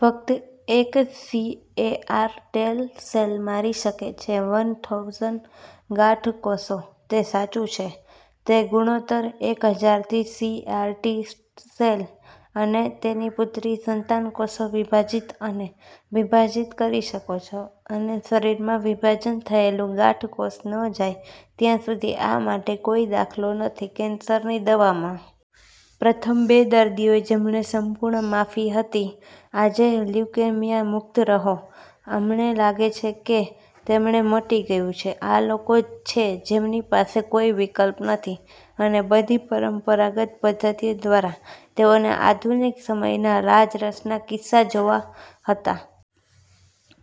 ફક્ત એક CAR T cell મારી શકે છે વન થૉઉસન્ડ ગાંઠ કોષો. તે સાચું છે. તે ગુણોત્તર છે એક હજાર થી. સીએઆર ટી સેલ અને તેની પુત્રી સંતાન કોષો વિભાજીત અને વિભાજિત કરી શકો છો અને શરીરમાં વિભાજન ગાંઠ કોષ ન જાય ત્યાં સુધી આ માટે કોઈ દાખલો નથી કેન્સરની દવામાં. પ્રથમ બે દર્દીઓ જેમને સંપૂર્ણ માફી હતી આજે લ્યુકેમિયા મુક્ત રહો. અમણે લાગે છે કે તેમણે મટી ગયું છે. આ લોકો છે જેમની પાસે કોઈ વિકલ્પ નથી અને બધી પરંપરાગત પદ્ધતિઓ દ્વારા તેઓને આધુનિક સમયના લાજરસના કિસ્સા જેવા હતા.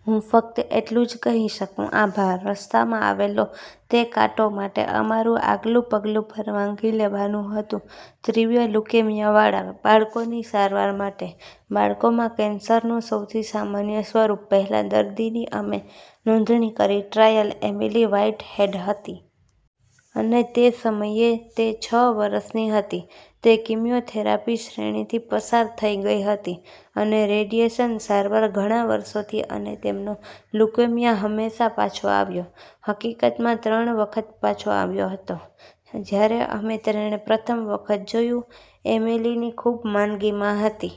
હું ફક્ત એટલું જ કહી શકું, "આભાર રસ્તામાં આવેલા તે કાંટો માટે". અમારું આગલું પગલું પરવાનગી લેવાનું હતું તીવ્ર લ્યુકેમિયાવાળા બાળકોની સારવાર માટે, બાળકોમાં કેન્સરનું સૌથી સામાન્ય સ્વરૂપ. પહેલા દર્દીની અમે નોંધણી કરી ટ્રાયલ એમિલી વ્હાઇટહેડ હતી. અને તે સમયે તે છ વરસની હતી. તે કીમોથેરાપીની શ્રેણીથી પસાર થઈ ગઈ હતી અને રેડિયેશન સારવાર ઘણા વર્ષોથી અને તેનો લ્યુકેમિયા હંમેશાં પાછો આવ્યો. હકીકતમાં તે ત્રણ વખત પાછો આવ્યો હતો. જ્યારે અમે તેને પ્રથમ વખત જોયું, એમિલીની ખૂબ માંદગીમાં હતી.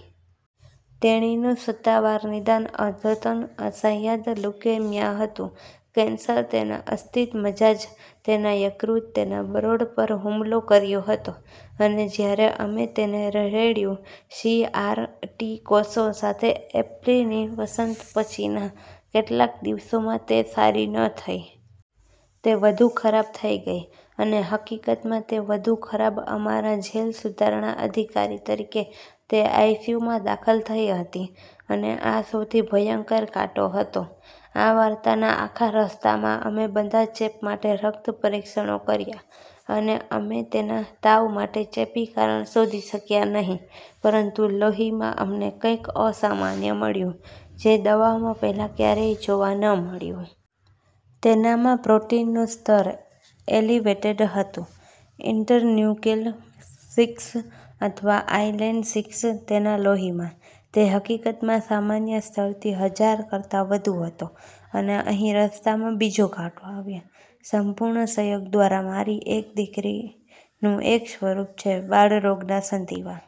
તેણીનું સત્તાવાર નિદાન અદ્યતન અસાધ્ય લ્યુકેમિયા હતું. કેન્સર તેના અસ્થિ મજ્જા, તેના યકૃત, તેના બરોળ પર હુમલો કર્યો હતો અને જ્યારે અમે તેને રહેડ્યું સીએઆર ટી કોષો સાથે એપ્રિલની વસંત પછીના કેટલાક દિવસોમાં તે સારી ન થઈ. તે વધુ ખરાબ થઈ ગઈ અને હકીકતમાં, તે વધુ ખરાબ. અમારા જેલ સુધારણા અધિકારી તરીકે તે આઈસીયુમાં દાખલ થઈ હતી અને આ સૌથી ભયંકર કાંટો હતો આ વાર્તાના આખા રસ્તામાં. અમે બધા ચેપ માટે રક્ત પરીક્ષણો કર્યા અને અમે તેના તાવ માટે ચેપી કારણ શોધી શક્યા નહીં પરંતુ લોહીમાં અમને કંઈક અસામાન્ય મળ્યું જે દવામાં પહેલાં ક્યારેય જોવા ન મળ્યું. તેનામાં પ્રોટીનનું સ્તર એલિવેટેડ હતું. ઇન્ટરલ્યુકિન સિક્સ, અથવા આઇએલ સિક્સ તેના લોહીમાં. તે હકીકતમાં સામાન્ય સ્તરથી હજાર કરતા વધુ હતો અને અહી રસ્તામાં બીજો કાંટો આવ્યો. સંપૂર્ણ સંયોગ દ્વારા મારી એક દીકરીનું એક સ્વરૂપ છે બાળરોગના સંધિવા.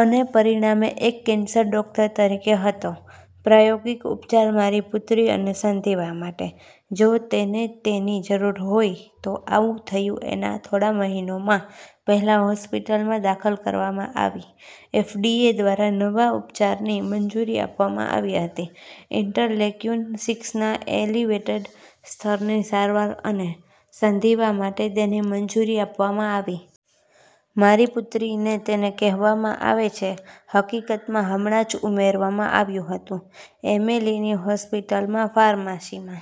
અને પરિણામે એક કેન્સર ડૉક્ટર તરીકે હતો પ્રાયોગિક ઉપચાર મારી પુત્રી અને સંધિવા માટે જો તેને તેની જરૂર હોય તો. આવું થયું એના થોડા મહિનોમાં પહેલાં હોસ્પિટલમાં દાખલ કરવામાં આવી એફડીએ દ્વારા નવી ઉપચારની મંજૂરી આપવામાં આવી હતી ઇન્ટરલેયુકિન સિક્સ ના એલિવેટેડ સ્તરની સારવાર અને અને સંધિવા માટે તેને મંજૂરી આપવામાં આવી. મારી પુત્રી ને તેને કહેવામાં આવે છે. હકીકતમાં, હમણાં જ ઉમેરવામાં આવ્યું હતું એમેલીની હોસ્પિટલમાં ફાર્મસીમાં.